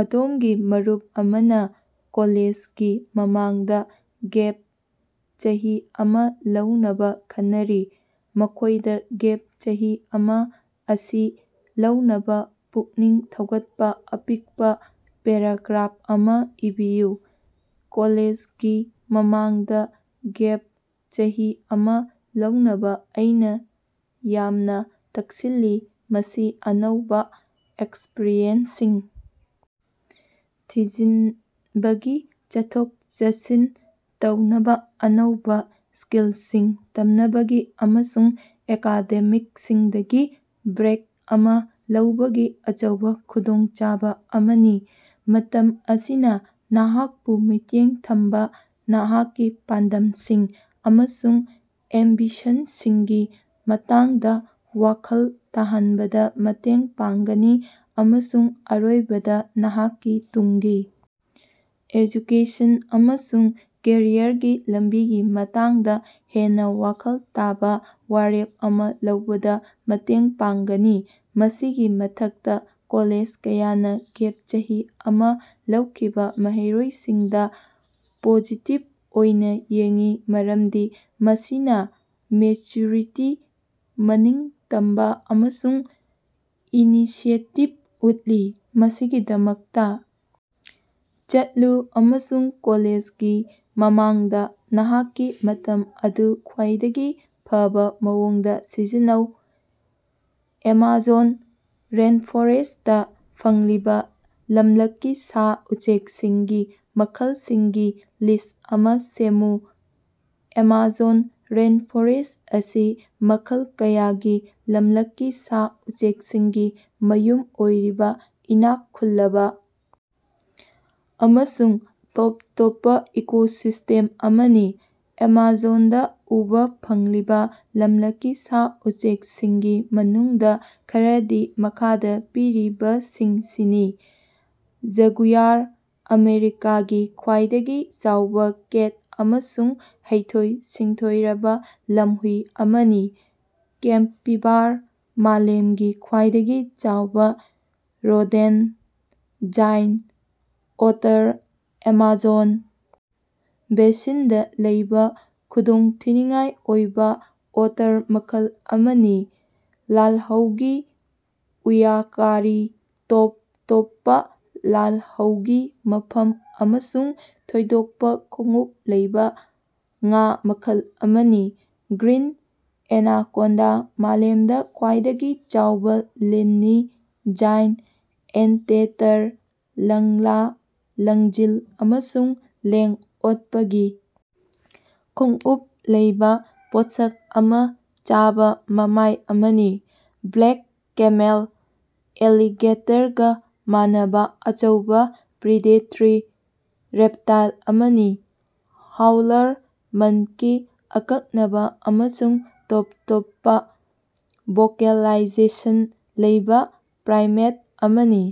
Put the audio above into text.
ꯑꯗꯣꯝꯒꯤ ꯃꯔꯨꯞ ꯑꯃꯅ ꯀꯣꯂꯦꯖꯒꯤ ꯃꯃꯥꯡꯗ ꯒꯦꯞ ꯆꯍꯤ ꯑꯃ ꯂꯧꯅꯕ ꯈꯟꯅꯔꯤ꯫ ꯃꯈꯣꯏꯗ ꯒꯦꯞ ꯆꯍꯤ ꯑꯁꯤ ꯂꯧꯅꯕ ꯄꯨꯛꯅꯤꯡ ꯊꯧꯒꯠꯄ ꯑꯄꯤꯛꯄ ꯄꯦꯔꯥꯒ꯭ꯔꯥꯞ ꯑꯃ ꯏꯕꯤꯌꯨ꯫ ꯀꯣꯂꯦꯖꯒꯤ ꯃꯃꯥꯡꯗ ꯒꯦꯞ ꯆꯍꯤ ꯑꯃ ꯂꯧꯅꯕ ꯑꯩꯅ ꯌꯥꯝꯅ ꯇꯛꯁꯤꯜꯂꯤ ꯃꯁꯤ ꯑꯅꯧꯕ ꯑꯦꯛꯁꯄꯔꯤꯌꯦꯟꯁꯁꯤꯡ ꯊꯤꯖꯤꯟꯅꯕꯒꯤ ꯆꯠꯊꯣꯛ ꯆꯠꯁꯤꯟ ꯇꯧꯅꯕ ꯑꯅꯧꯕ ꯁꯀꯤꯜꯁꯤꯡ ꯇꯝꯅꯕꯒꯤ ꯑꯃꯁꯨꯡ ꯑꯦꯀꯥꯗꯦꯃꯤꯛꯁꯤꯡꯗꯒꯤ ꯕ꯭ꯔꯦꯛ ꯑꯃ ꯂꯧꯕꯒꯤ ꯑꯆꯧꯕ ꯈꯨꯗꯣꯡꯆꯥꯕ ꯑꯃꯅꯤ꯫ ꯃꯇꯝ ꯑꯁꯤꯅ ꯅꯍꯥꯛꯄꯨ ꯃꯤꯠꯌꯦꯡ ꯊꯝꯕ ꯅꯍꯥꯛꯀꯤ ꯄꯥꯟꯗꯝꯁꯤꯡ ꯑꯃꯁꯨꯡ ꯑꯦꯝꯕꯤꯁꯟꯁꯤꯡꯒꯤ ꯃꯇꯥꯡꯗ ꯋꯥꯈꯜ ꯇꯥꯍꯟꯕꯗ ꯃꯇꯦꯡ ꯄꯥꯡꯒꯅꯤ ꯑꯃꯁꯨꯡ ꯑꯔꯣꯏꯕꯗ ꯅꯍꯥꯛꯀꯤ ꯇꯨꯡꯒꯤ ꯑꯦꯖꯨꯀꯦꯁꯟ ꯑꯃꯁꯨꯡ ꯀꯦꯔꯤꯌꯔꯒꯤ ꯂꯝꯕꯤꯒꯤ ꯃꯇꯥꯡꯗ ꯍꯦꯟꯅ ꯋꯥꯈꯜ ꯇꯥꯕ ꯋꯥꯔꯦꯞ ꯑꯃ ꯂꯧꯕꯗ ꯃꯇꯦꯡ ꯄꯥꯡꯒꯅꯤ꯫ ꯃꯁꯤꯒꯤ ꯃꯊꯛꯇ ꯀꯣꯂꯦꯖ ꯀꯌꯥꯅ ꯒꯦꯞ ꯆꯍꯤ ꯑꯃ ꯂꯧꯈꯤꯕ ꯃꯍꯩꯔꯣꯏꯁꯤꯡꯗ ꯄꯣꯖꯤꯇꯤꯞ ꯑꯣꯏꯅ ꯌꯦꯡꯏ ꯃꯔꯝꯗꯤ ꯃꯁꯤꯅ ꯃꯦꯆꯌꯨꯔꯤꯇꯤ ꯃꯅꯤꯡꯇꯝꯕ ꯑꯃꯁꯨꯡ ꯏꯅꯤꯁꯤꯌꯦꯇꯤꯞ ꯎꯠꯂꯤ꯫ ꯃꯁꯤꯒꯤꯗꯃꯛꯇ ꯆꯠꯂꯨ ꯑꯃꯁꯨꯡ ꯀꯣꯂꯦꯖꯒꯤ ꯃꯃꯥꯡꯗ ꯅꯍꯥꯛꯀꯤ ꯃꯇꯝ ꯑꯗꯨ ꯈ꯭ꯋꯥꯏꯗꯒꯤ ꯐꯕꯥ ꯃꯑꯣꯡꯗ ꯁꯤꯖꯤꯟꯅꯧ꯫ ꯑꯦꯃꯥꯖꯣꯟ ꯔꯦꯟꯐꯣꯔꯦꯁꯇꯥ ꯐꯪꯂꯤꯕ ꯂꯝꯂꯛꯀꯤ ꯁꯥ ꯎꯆꯦꯛꯁꯤꯡꯒꯤ ꯃꯈꯜꯁꯤꯡꯒꯤ ꯂꯤꯁ ꯑꯃ ꯁꯦꯝꯃꯨ꯫ ꯑꯦꯃꯥꯖꯣꯟ ꯔꯦꯟꯐꯣꯔꯦꯁ ꯑꯁꯤ ꯃꯈꯜ ꯀꯌꯥꯒꯤ ꯂꯝꯂꯛꯀꯤ ꯁꯥ ꯎꯆꯦꯛꯁꯤꯡꯒꯤ ꯃꯌꯨꯝ ꯑꯣꯏꯔꯤꯕ ꯏꯅꯥꯛ ꯈꯨꯜꯂꯕ ꯑꯃꯁꯨꯡ ꯇꯣꯞ ꯇꯣꯞꯄ ꯏꯀꯣꯁꯤꯁꯇꯦꯝ ꯑꯃꯅꯤ꯫ ꯑꯦꯃꯥꯖꯣꯟꯗꯥ ꯎꯕꯥ ꯐꯪꯂꯤꯕ ꯂꯝꯂꯛꯀꯤ ꯁꯥ ꯎꯆꯦꯛꯁꯤꯡꯒꯤ ꯃꯅꯨꯡꯗ ꯈꯔꯗꯤ ꯃꯈꯥꯗ ꯄꯤꯔꯤꯕꯁꯤꯡꯁꯤꯅꯤ ꯖꯒꯨꯌꯥꯔ ꯑꯃꯦꯔꯤꯀꯥꯒꯤ ꯈ꯭ꯋꯥꯏꯗꯒꯤ ꯆꯥꯎꯕ ꯀꯦꯠ ꯑꯃꯁꯨꯡ ꯍꯩꯊꯣꯏ ꯁꯤꯡꯊꯣꯏꯔꯕ ꯂꯝꯍꯨꯏ ꯑꯃꯅꯤ꯫ ꯀꯦꯄꯤꯕꯥꯔ ꯃꯥꯂꯦꯝꯒꯤ ꯈ꯭ꯋꯥꯏꯗꯒꯤ ꯆꯥꯎꯕ ꯔꯣꯗꯦꯟꯇ ꯖꯥꯏꯟ ꯑꯣꯇꯔ ꯑꯦꯃꯥꯖꯣꯟ ꯕꯦꯁꯤꯟꯗ ꯂꯩꯕ ꯈꯨꯗꯣꯡꯊꯤꯅꯤꯉꯥꯏ ꯑꯣꯏꯕ ꯑꯣꯇꯔ ꯃꯈꯜ ꯑꯃꯅꯤ꯫ ꯂꯥꯜꯍꯧꯒꯤ ꯎꯌꯥꯀꯥꯔꯤ ꯇꯣꯞ ꯇꯣꯞꯄ ꯂꯥꯜꯍꯧꯒꯤ ꯃꯐꯝ ꯑꯃꯁꯨꯡ ꯊꯣꯏꯗꯣꯛꯄ ꯈꯣꯡꯎꯞ ꯂꯩꯕ ꯉꯥ ꯃꯈꯜ ꯑꯃꯅꯤ꯫ ꯒ꯭ꯔꯤꯟ ꯑꯦꯅꯥꯀꯣꯟꯗꯥ ꯃꯥꯂꯦꯃꯗ ꯈ꯭ꯋꯥꯏꯗꯒꯤ ꯆꯥꯎꯕ ꯂꯤꯟꯅꯤ꯫ ꯖꯥꯏꯟ ꯑꯦꯟꯇꯦꯇꯔ ꯂꯪꯂꯥ ꯂꯪꯖꯤꯟ ꯑꯃꯁꯨꯡ ꯂꯦꯡ ꯑꯣꯠꯄꯒꯤ ꯈꯣꯡꯎꯞ ꯂꯩꯕ ꯄꯣꯠꯁꯛ ꯑꯃ ꯆꯥꯕ ꯃꯃꯥꯏ ꯑꯃꯅꯤ꯫ ꯕ꯭ꯂꯦꯛ ꯀꯦꯃꯦꯟ ꯑꯦꯂꯤꯒꯦꯇꯔꯒ ꯃꯥꯟꯅꯕ ꯑꯆꯧꯕ ꯄ꯭ꯔꯤꯗꯦꯇꯔꯤ ꯔꯦꯞꯇꯥꯏꯜ ꯑꯃꯅꯤ꯫ ꯍꯥꯎꯂꯔ ꯃꯟꯀꯤ ꯑꯀꯛꯅꯕ ꯑꯃꯁꯨꯡ ꯇꯣꯞ ꯇꯣꯞꯄ ꯚꯣꯀꯦꯂꯥꯏꯖꯦꯁꯟ ꯂꯩꯕ ꯄ꯭ꯔꯥꯏꯃꯦꯠ ꯑꯃꯅꯤ꯫